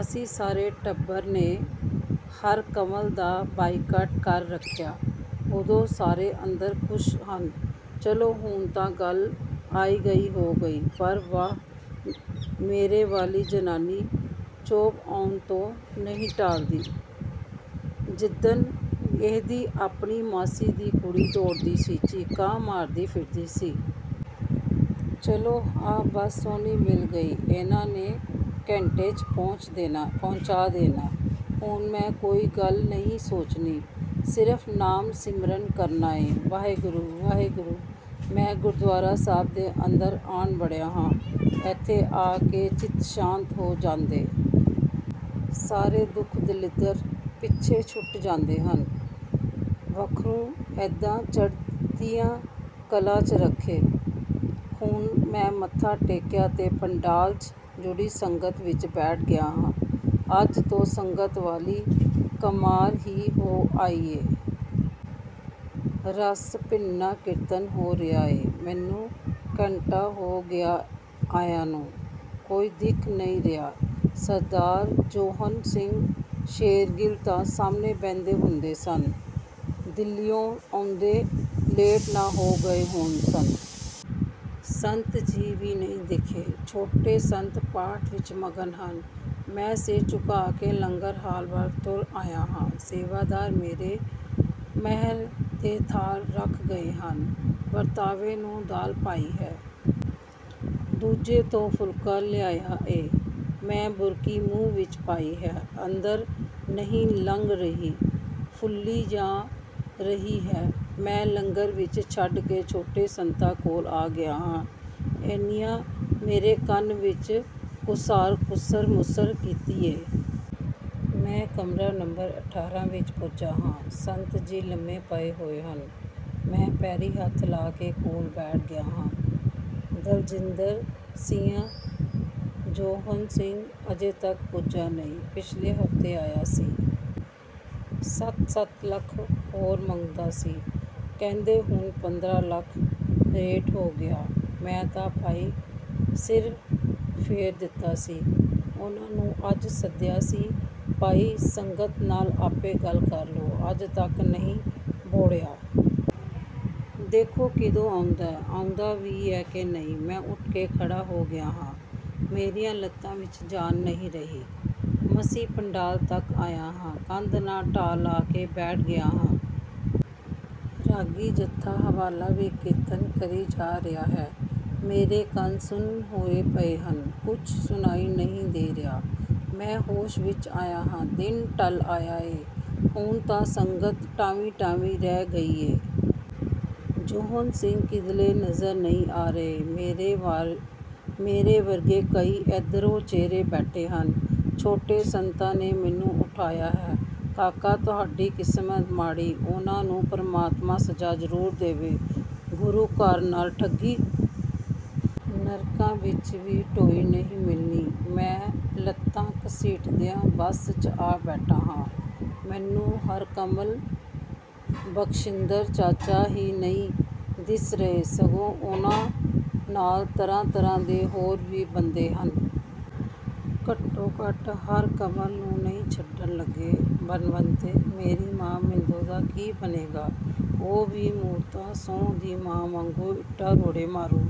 ਅਸੀਂ ਸਾਰੇ ਟੱਬਰ ਨੇ ਹਰਕੰਵਲ ਦਾ ਬਾਈਕਾਟ ਕਰੀ ਰੱਖਿਆ। ਉੱਦਾਂ ਸਾਰੇ ਅੰਦਰੋਂ ਖੁਸ਼ ਸਨ। ਚਲੋ, ਹੁਣ ਤਾਂ ਗੱਲ ਆਈ ਗਈ ਹੋ ਗਈ। ਪਰ ਆਹ ਮੇਰੇ ਵਾਲੀ ਜ਼ਨਾਨੀ ਚੋਭ ਅਉਣ ਤੋਂ ਨਈਂ ਟੱਲਦੀ। ਜਿੱਦਣ ਇਹਦੀ ਆਪਣੀ ਮਾਸੀ ਦੀ ਕੁੜੀ ਦੌੜੀ ਸੀ, ਚੀਕਾਂ ਮਾਰਦੀ ਫਿਰਦੀ ਸੀ। ਚਲੋ ਆਹ ਬੱਸ ਸੋਹਣੀ ਮਿਲ ਗਈ। ਇਹਨੇ ਘੰਟੇ 'ਚ ਪਹੁਚ ਦੇਨਾ ਪਹੁੰਚਾ ਦੇਣਾ। ਹੁਣ ਮੈਂ ਕੋਈ ਗੱਲ ਨਈਂ ਸੋਚਣੀ। ਸਿਰਫ਼ ਨਾਮ ਸਿਮਰਨ ਕਰਨਾਂ ਆ। ਵਾਹਿਗੁਰੂ… ਵਾਹਿਗੁਰੂ। ਮੈਂ ਗੁਰਦੁਆਰਾ ਸਾਹਿਬ ਦੇ ਅੰਦਰ ਆਣ ਵੜਿਆ ਹਾਂ। ਇੱਥੇ ਆ ਕੇ ਚਿੱਤ ਸ਼ਾਂਤ ਹੋ ਜਾਂਦੈ। ਸਾਰੇ ਦੁੱਖ ਦਲਿੱਦਰ ਪਿੱਛੇ ਛੁੱਟ ਜਾਂਦੇ ਹਨ। ਵਾਖਰੂ… ਇਦੈਂ ਚੜ੍ਹਦੀਆਂ ਕਲਾਂ 'ਚ ਰੱਖੇ। ਹੁਣ ਮੈਂ ਮੱਥਾ ਟੇਕਿਆ ਤੇ ਪੰਡਾਲ 'ਚ ਜੁੜੀ ਸੰਗਤ ਵਿੱਚ ਬੈਠ ਗਿਆ ਹਾਂ। ਅੱਜ ਤਾਂ ਸੰਗਤ ਵਾਲੀ ਕਮਾਲ ਈ ਹੋ ਆਈ ਐ। ਰਸ ਭਿੰਨਾ ਕੀਰਤਨ ਹੋ ਰਿਹਾ ਏ। ਮੈਨੂੰ ਘੰਟਾ ਹੋ ਗਿਆ ਆਯਾ ਨੂੰ। ਕੋਈ ਦਿਖ ਨਈਂ ਰਿਹਾ। ਸਰਦਾਰ ਜੌਹਨ ਸਿੰਘ ਸ਼ੇਰਗਿੱਲ ਤਾਂ ਸਾਹਮਣੇ ਬਹਿੰਦੇ ਹੁੰਦੇ ਸੀ। ਦਿੱਲੀਉਂ ਆਉਂਦੇ ਲੇਟ ਨਾ ਹੋ ਗਏ ਹੋਣ। ਸੰਤ ਜੀ ਵੀ ਨਈਂ ਦਿਖਦੇ। ਛੋਟੇ ਸੰਤ ਪਾਠ ਵਿੱਚ ਮਗਨ ਹਨ। ਮੈਂ ਸਿਰ ਝੁਕਾ ਕੇ ਲੰਗਰ ਹਾਲ ਵੱਲ ਤੁਰ ਆਇਆ ਹਾਂ। ਸੇਵਾਦਾਰ ਮੇਰੇ ਮੇਹੇਲ ਤੇ ਥਾਲ ਰੱਖ ਗਿਐ ਹਨ ਵਰਤਾਵੇ ਨੇ ਦਾਲ ਪਾਈ ਹੈ। ਦੂਜੇ ਤੋਂ ਫੁਲਕਾ ਲਿਆ ਏ। ਮੈਂ ਬੁਰਕੀ ਮੂੰਹ ਵਿੱਚ ਪਾਈ ਹੈ। ਅੰਦਰ ਨਈਂ ਲੰਘ ਰਹੀ। ਫੁੱਲੀ ਜਾ ਰਹੀ ਹੈ। ਮੈਂ ਲੰਗਰ ਵਿਚੇ ਛੱਡ ਕੇ ਛੋਟੇ ਸੰਤਾਂ ਕੋਲ ਆ ਗਿਆ ਹਾਂ। ਇਹਨੀਂ ਮੇਰੇ ਕੰਨ ਵਿੱਚ ਖੁਸਾਲ ਘੁਸਰ ਮੁਸਰ ਕੀਤੀ ਏ। ਮੈਂ ਕਮਰਾ ਨੰਬਰ ਅਠਾਰਾਂ ਵਿੱਚ ਪੁੱਜਾ ਹਾਂ। ਸੰਤ ਜੀ ਲੰਮੇ ਪਏ ਹਨ। ਮੈਂ ਪੈਰੀਂ ਹੱਥ ਲਾ ਕੇ ਕੋਲ ਬੈਠ ਗਿਆ ਹਾਂ। "ਦਲਜਿੰਦਰ ਸਿਆਂ, ਜੌਹਨ ਸਿੰਘ ਅਜੇ ਤੱਕ ਪੁੱਜਾ ਨਈਂ। ਪਿਛਲੇ ਹਫ਼ਤੇ ਆਇਆ ਸੀ। ਸੱਤ-ਸੱਤ ਲੱਖ ਹੋਰ ਮੰਗਦਾ ਸੀ। ਕਹਿੰਦਾ ਹੁਣ ਪੰਦਰ੍ਹਾਂ ਲੱਖ ਰੇਟ ਹੋ ਗਿਆ। ਮੈਂ ਤਾਂ ਭਾਈ ਸਿਰ ਫੇਰ ਦਿੱਤਾ ਸੀ। ਉਹਨਾ ਨੁ ਅੱਜ ਸੱਦਿਆ ਸੀ, ਬਈ ਸੰਗਤ ਨਾਲ ਆਪੇ ਗੱਲ ਕਰ ਲਈਂ। ਅਜੇ ਤੱਕ ਨਈਂ ਬਹੁੜਿਆ। ਦੇਖੋ ਕਦੋਂ ਆਉਂਦਾ? ਆਉਂਦਾ ਵੀ ਆ ਕਿ…ਨਹੀ। " ਮੈਂ ਉੱਠ ਕੇ ਖੜ੍ਹਾ ਹੋ ਗਿਆ ਹਾਂ। ਮੇਰੀਆਂ ਲੱਤਾਂ ਵਿੱਚ ਜਾਨ ਨਈਂ ਰਹੀ। ਮਸੀਂ ਪੰਡਾਲ ਤੱਕ ਆਇਆ ਹਾਂ। ਕੰਧ ਨਾਲ ਢੋਅ ਲਾ ਕੇ ਬਹਿ ਗਿਆ ਹਾਂ। ਰਾਗੀ ਜਥਾ ਹਾਵਾਲਾ ਵੀ ਕੀਰਤਨ ਕਰੀ ਜਾ ਰਿਹਾ ਹੈ। ਮੇਰੇ ਕੰਨ ਸੁੰਨ ਹੋਏ ਪਏ ਹਨ। ਕੁਸ਼ ਨਈਂ ਸੁਣਾਈ ਦੇ ਰਿਹਾ। ਮੈਂ ਹੋਸ਼ ਵਿੱਚ ਆਇਆ ਹਾਂ। ਦਿਨ ਢੱਲ ਚੱਲਿਆ ਏ। ਹੁਣ ਤਾਂ ਸੰਗਤ ਟਾਵੀਂ-ਟਾਵੀਂ ਰਹਿ ਗਈ ਆ। ਜੌਹਨ ਸਿੰਘ ਕਿਦਰੇ ਨਜ਼ਰ ਨਈਂ ਆ ਰਿਹੇ। ਮੇਰੇ ਵਰਗੇ ਕਈ ਓਦਰੇ ਚਿਹਰੇ ਬੈਠੇ ਹਨ। ਛੋਟੇ ਸੰਤਾਂ ਨੇ ਮੈਨੂੰ ਉਠਾਇਆ ਹੈ। "ਕਾਕਾ, ਤੁਹਾਡੀ ਕਿਸਮਤ ਮਾੜੀ। ਉਹਨੂੰ ਪ੍ਰਮਾਤਮਾ ਸਜ਼ਾ ਜ਼ਰੂਰ ਦਊ। ਗੁਰੂ ਘਰ ਨਾਲ ਠੱਗੀ। ਨਰਕਾਂ ਵਿੱਚ ਵੀ ਢੋਈ ਨਈਂ ਮਿਲਣੀ। " ਮੈਂ ਲੱਤਾਂ ਘੜੀਸਦਾ ਬੱਸ 'ਚ ਆ ਬੈਠਾ ਹਾਂ। ਮੈਨੂੰ ਹਰਕੰਵਲ, ਬਖਸ਼ਿੰਦਰ, ਚਾਚਾ ਹੀ ਨਈਂ ਦਿਸ ਰਹੇ ਸਗੋਂ ਉਨ੍ਹਾਂ ਨਾਲ ਤਰ੍ਹਾਂ ਤਰ੍ਹਾਂ ਦੇ ਹੋਰ ਵੀ ਬੰਦੇ ਹਨ। ਘੱਟੋ ਘੱਟ ਹਰਕੰਵਲ ਨੂੰ ਨਈਂ ਛੱਡਣ ਲੱਗੇ ਬਣਵੈਤ। ਮੇਰੀ ਮਾਂ ਮਿੰਦੋ ਦਾ ਕੀ ਬਣੇਗਾ? ਉਹ ਵੀ ਮੂਰਤਾ ਸੁੰਹ ਦੀ ਮਾਂ ਵਾਂਗ ਇੱਟਾਂ ਰੋੜੇ ਮਾਰੂ।